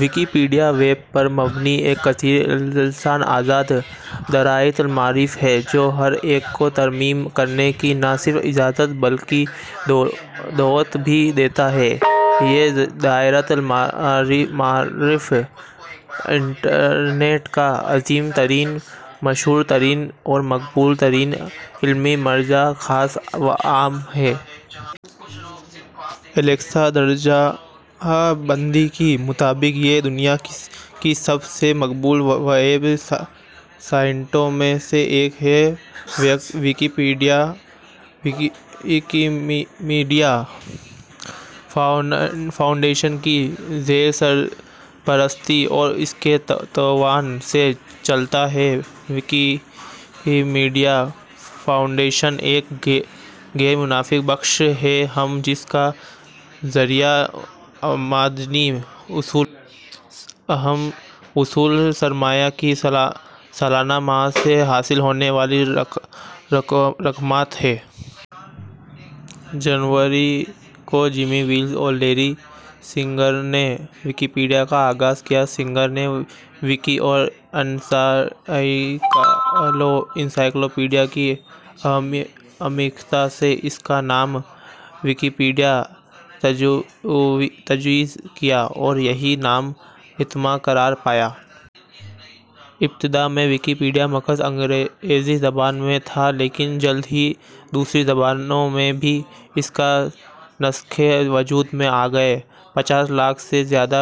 Wikipedia web پر مبنی ایک کثیر اللسان آزاد دائرۃ المعارف ہے جو ہر ایک کو ترمیم کرنے کی نہ صرف اجازت بلکہ دعوت بھی دیتا ہے۔ یہ دائرۃ المعارف انٹرنیٹ کا عظیم ترین، مشہور ترین اور مقبول ترین علمی مرجع خاص و عام ہے۔ الیکسا درجہ بندی کے مطابق یہ دنیا کی سب سے مقبول ویب سائٹوں میں سے ایک ہے۔ ویکیپیڈیا ویکیمیڈیا فاونڈیشن کی زیر سرپرستی اور اس کے تعاون سے چلتا ہے۔ ویکیمیڈیا فاؤنڈیشن ایک غیر منافع بخش تنظیم ہے جس کا ذریعہ آمدنی حصول سرمایہ کی سالانہ مہم سے حاصل ہونے والی رقومات ہیں۔ جنوری ء کو جیمی ویلز اور لیری سینگر نے ویکیپیڈیا کا آغاز کیا۔ سینگر نے ویکی اور انسائیکلوپیڈیا کے آمیختہ سے اس کا نام ویکیپیڈیا تجویز کیا اور یہی نام حتمی قرار پایا۔ ابتدا میں ویکیپیڈیا محض انگریزی زبان میں تھا لیکن جلد ہی دوسری زبانوں میں بھی اس کے نسخے وجود میں آگئے۔ پچاس لاکھ سے زائد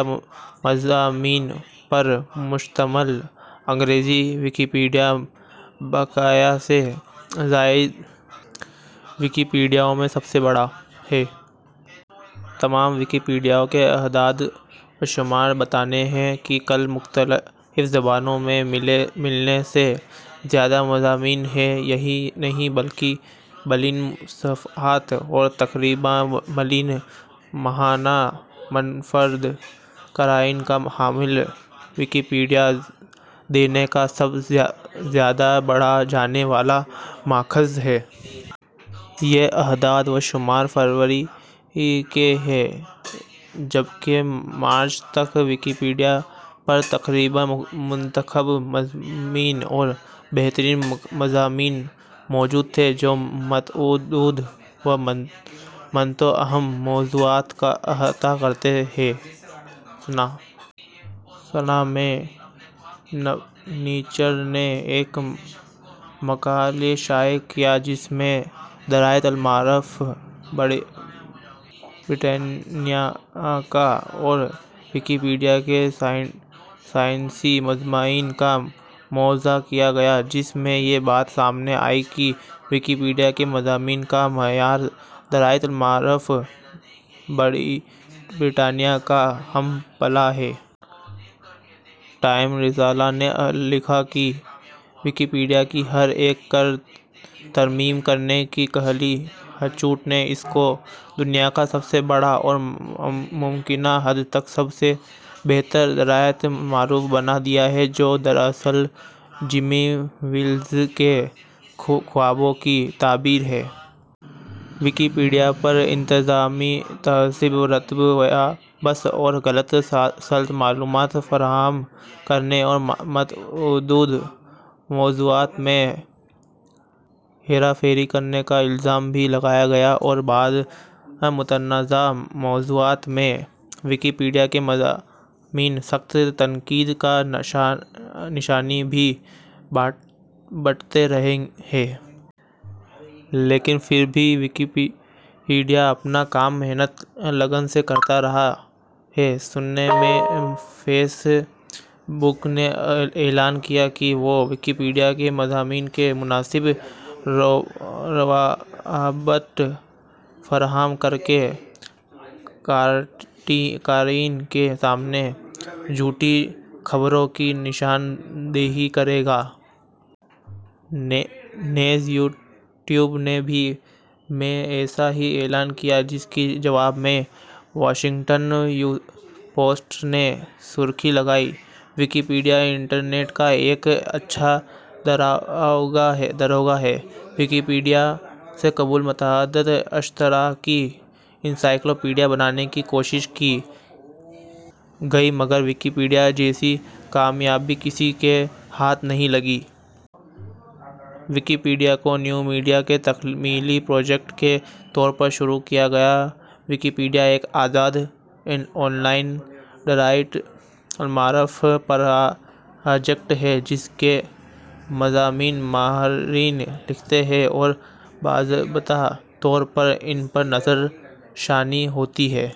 مضامین پر مشتمل انگریزی ویکیپیڈیا بقیہ سے زائد ویکیپڈیاؤں میں سب سے بڑا ہے۔ تمام ویکیپیڈیاؤں کے اعداد و شمار بتاتے ہیں کہ کل مختلف زبانوں میں ملین سے زیادہ مضامین ہیں۔ یہی نہیں بلکہ بلین صفحات اور تقریباً ملین ماہانہ منفرد قارئین کا حامل ویکیپیڈیا دنیا کا سب زیادہ پڑھا جانے والا ماخذ ہے۔ یہ اعداد و شمار فروری ء کے ہیں، جبکہ مارچ ء تک ویکیپیڈیا پر تقریباً منتخب مضامین اور بہترین مضامیں موجود تھے جو متعدد و متنوع اہم موضوعات کا احاطہ کرتے ہیں۔ سنہ ء میں نیچر نے ایک مقالہ شائع کیا جس میں دائرۃ المعارف بریٹانیکا اور ویکیپیڈیا کے سائنسی مضامین کا موازنہ کیا گیا، جس میں یہ بات سامنے آئی کہ ویکیپیڈیا کے مضامین کا معیار دائرۃ المعارف بریٹانیکا کا ہم پلہ ہے۔ ٹائم رسالہ نے لکھا کہ ویکیپیڈیا کی ہر ایک کو ترمیم کرنے کی کھلی چھوٹ نے اس کو دنیا کا سب سے بڑا اور ممکنہ حد تک سب سے بہتر دائرۃ المعارف بنا دیا ہے جو دراصل جیمی ویلز کے خوابوں کی تعبیر ہے۔ ویکیپیڈیا پر انتظامی تعصب، رطب و یابس اور غلط سلط معلومات فراہم کرنے اور متعدد موضوعات میں ہیرا پھیری کرنے کا الزام بھی لگایا گیا اور بعض متنازع موضوعات میں ویکیپیڈیا کے مضامین سخت تنقید کا نشانہ بھی بنتے رہے ہیں۔ لیکن پھر بھی ویکیپیڈیا اپنا کام محنت لگن سے کرتا رہا ہے سنہ ء میں فیس بک نے اعلان کیا کہ وہ ویکیپیڈیا کے مضامین کے مناسب روابط فراہم کرکے قارئین کے سامنے جھوٹی خبروں کی نشان دہی کرے گا۔ نیز یوٹیوب نے بھی ء میں ایسا ہی اعلان کیا جس کے جواب میں واشنگٹن پوسٹ نے سرخی لگائی، "ویکیپیڈیا انٹرنیٹ کا ایک اچھا داروغہ" ہے۔ ۔ ویکیپیڈیاسے قبل متعدد اشتراکی انسائکلوپیڈیا بنانے کی کوشش کی گئی مگر ویکیپیڈیا جیسی کامیابی کسی کے ہاتھ نہیں لگی۔ ، ویکیپیڈیا کو نیوپیڈیا کے تکمیلی پراجیکٹ کے طور پر شروع کیا گیا۔ ویکیپیڈیا، ایک آزاد آن لائن دائرۃالمعارف پراجیکٹ ہے جس کے مضامین ماہرین لکھتے ہیں اور باضابطہ طور پر ان پر نظر ثانی ہوتی ہے۔